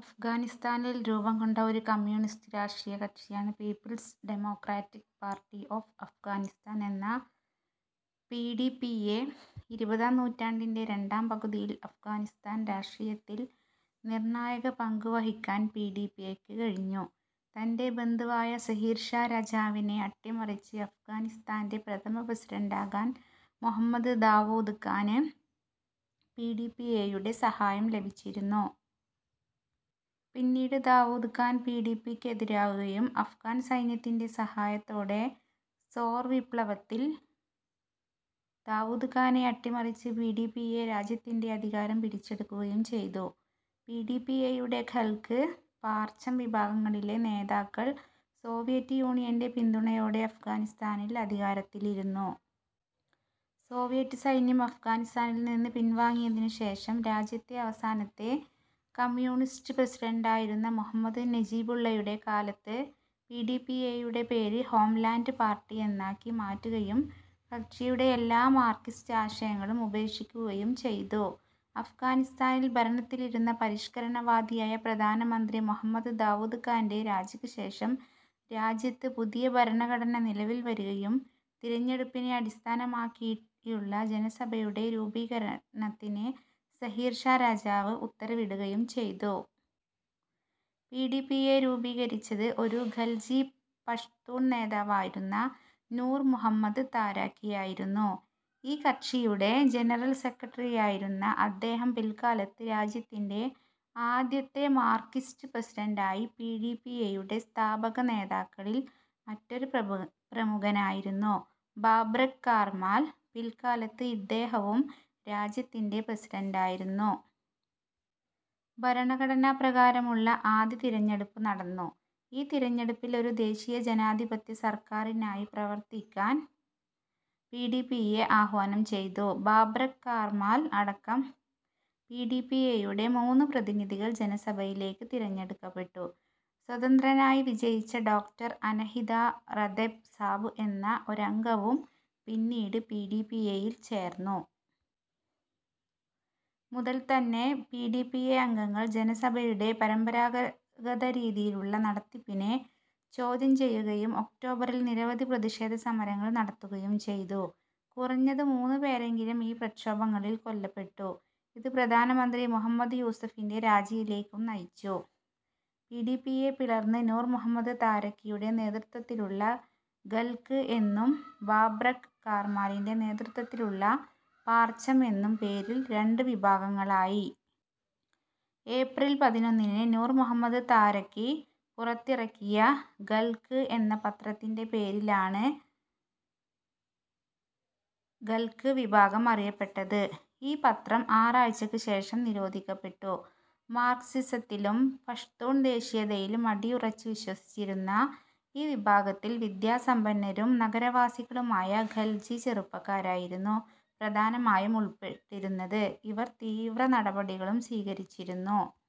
അഫ്ഗാനിസ്താനിൽ രൂപം കൊണ്ട ഒരു കമ്മ്യൂണിസ്റ്റ് രാഷ്ട്രീയകക്ഷിയാണ് People's Democratic Party of Afghanistan എന്ന പി ഡി പി എ ഇരുപതാം നൂറ്റാണ്ടിൻ്റെ രണ്ടാം പകുതിയിൽ അഫ്ഗാനിസ്താൻ രാഷ്ട്രീയത്തിൽ നിർണായക പങ്കുവഹിക്കാൻ പി ഡി പി എയ്ക്ക് കഴിഞ്ഞു. തൻ്റെ ബന്ധുവായ സഹീർ ഷാ രാജാവിനെ അട്ടിമറിച്ച് അഫ്ഗാനിസ്താൻ്റെ പ്രഥമ പ്രസിഡന്റാകാൻ മുഹമ്മദ് ദാവൂദ് ഖാന് പി ഡി പി എയുടെ സഹായം ലഭിച്ചിരുന്നു. പിന്നീട് Daud Khan P D P എക്കെതിരാകുകയും അഫ്ഗാൻ സൈന്യത്തിൻ്റെ സഹായത്തോടെ സോർ വിപ്ലവത്തിൽ ദാവൂദ് ഖാനെ അട്ടിമറിച്ച് പി ഡി പി എ രാജ്യത്തിൻ്റെ അധികാരം പിടിച്ചെടുക്കുകയും ചെയ്തു.പി ഡി പി എയുടെ ഖൽഖ്, പാർച്ചം വിഭാഗങ്ങളിലെ നേതാക്കൾ സോവിയറ്റ് യൂണിയൻ്റെ പിന്തുണയോടെ അഫ്ഗാനിസ്താനിൽ അധികാരത്തിലിരുന്നു. സോവിയറ്റ് സൈന്യം അഫ്ഗാനിസ്താനിൽ നിന്ന് പിൻവാങ്ങിയതിനു ശേഷം രാജ്യത്തെ അവസാനത്തെ കമ്മ്യൂണിസ്റ്റ് പ്രസിഡന്റായിരുന്ന മുഹമ്മദ് നജീബുള്ളയുടെ കാലത്ത് പി ഡി പി എയുടെ പേര് ഹോംലാൻഡ് പാർട്ടി എന്നാക്കി മാറ്റുകയും കക്ഷിയുടെ എല്ലാ മാർക്സിസ്റ്റ് ആശയങ്ങളും ഉപേക്ഷിക്കുകയും ചെയ്തു. അഫ്ഗാനിസ്താനിൽ ഭരണത്തിലിരുന്ന പരിഷ്കരണവാദിയായ പ്രധാനമന്ത്രി മുഹമ്മദ് ദാവൂദ് ഖാൻ്റെ രാജിക്ക് ശേഷം രാജ്യത്ത് പുതിയ ഭരണഘടന നിലവിൽ വരുകയും തിരഞ്ഞെടുപ്പിനെ അടിസ്ഥാനമാക്കിയുള്ള ജനസഭയുടെ രൂപീകരണത്തിന് സഹീർ ഷാ രാജാവ് ഉത്തരവിടുകയും ചെയ്തു. പി ഡി പി എ രൂപീകരിച്ചത് ഒരു ഘൽജി പഷ്തൂൺ നേതാവായിരുന്ന നൂർ മുഹമ്മദ് താരക്കിയായിരുന്നു. ഈ കക്ഷിയുടെ ജനറൽ സെക്രട്ടറിയായിരുന്ന അദ്ദേഹം പിൽക്കാലത്ത് രാജ്യത്തിൻ്റെ ആദ്യത്തെ മാർക്സിസ്റ്റ് പ്രസിഡന്റായി. പി ഡി പി എയുടെ സ്ഥാപകനേതാക്കളിൽ മറ്റൊരു പ്രമുഖനായിരുന്നു ബാബ്രക് കാർമാൽ. പിൽക്കാലത്ത് ഇദ്ദേഹവും രാജ്യത്തിൻ്റെ പ്രസിഡന്റായിരുന്നു. അഫ്ഗാനിസ്താനിൽ ഭരണഘടനപ്രകാരമുള്ള ആദ്യ തിരഞ്ഞെടുപ്പ് നടന്നു. ഈ തിരഞ്ഞെടുപ്പിൽ ഒരു ദേശീയ ജനാധിപത്യ സർക്കാരിനായി പ്രവർത്തിക്കാൻ പി ഡി പി എ ആഹ്വാനം ചെയ്തു. ബാബ്രക് കാർമാൽ അടക്കം പി ഡി പി എയുടെ മൂന്ന് പ്രതിനിധികൾ ജനസഭയിലേക്ക് തിരഞ്ഞെടുക്കപ്പെട്ടു. സ്വതന്ത്രനായി വിജയിച്ച ഡോക്ടർ അനഹിത റതെബ്സാബ് എന്ന ഒരംഗവും പിന്നീട് പി ഡി പി എയിൽ ചേർന്നു. തുടക്കം മുതൽ തന്നെ പി ഡി പി എ അംഗങ്ങൾ ജനസഭയുടെ പരമ്പരാഗത രീതിയിലുള്ള നടത്തിപ്പിനെ ചോദ്യം ചെയ്യുകയും ഒക്ടോബറിൽ നിരവധി പ്രതിഷേധസമരങ്ങൾ നടത്തുകയും ചെയ്തു. കുറഞ്ഞത് മൂന്ന് പേരെങ്കിലും ഈ പ്രക്ഷോഭങ്ങളിൽ കൊല്ലപ്പെട്ടു. ഇത് പ്രധാനമന്ത്രി മുഹമ്മദ് യൂസഫിന്റെ രാജിയിലേക്കും നയിച്ചു.പി ഡി പി എ പിളർന്ന് നൂർ മുഹമ്മദ് താരക്കിയുടെ നേതൃത്വത്തിലുള്ള ഖൽഖ് എന്നും ബാബ്രക് കാർമാലിന്റെ നേതൃത്വത്തിലുള്ള പാർച്ചം എന്നും പേരിൽ രണ്ടുവിഭാഗങ്ങളായി. ഏപ്രിൽ പതിനൊന്നിന് നൂർ മുഹമ്മദ് താരക്കി പുറത്തിറക്കിയ ഖൽഖ് എന്ന പത്രത്തിന്റെ പേരിലാണ് ഖൽഖ് വിഭാഗം അറിയപ്പെട്ടത്. ഈ പത്രം ആറാഴ്ചയ്ക്ക് ശേഷം നിരോധിക്കപ്പെട്ടു. മാർക്സിസത്തിലും പഷ്തൂൺ ദേശീയതയിലും അടിയുറച്ച് വിശ്വസിച്ചിരുന്ന ഈ വിഭാഗത്തിൽ വിദ്യാസമ്പന്നരും നഗരവാസികളുമായ ഘൽജി ചെറുപ്പക്കാരായിരുന്നു പ്രധാനമായും ഉൾപ്പെട്ടിരുന്നത്. ഇവർ തീവ്രനടപടികളും സ്വീകരിച്ചിരുന്നു.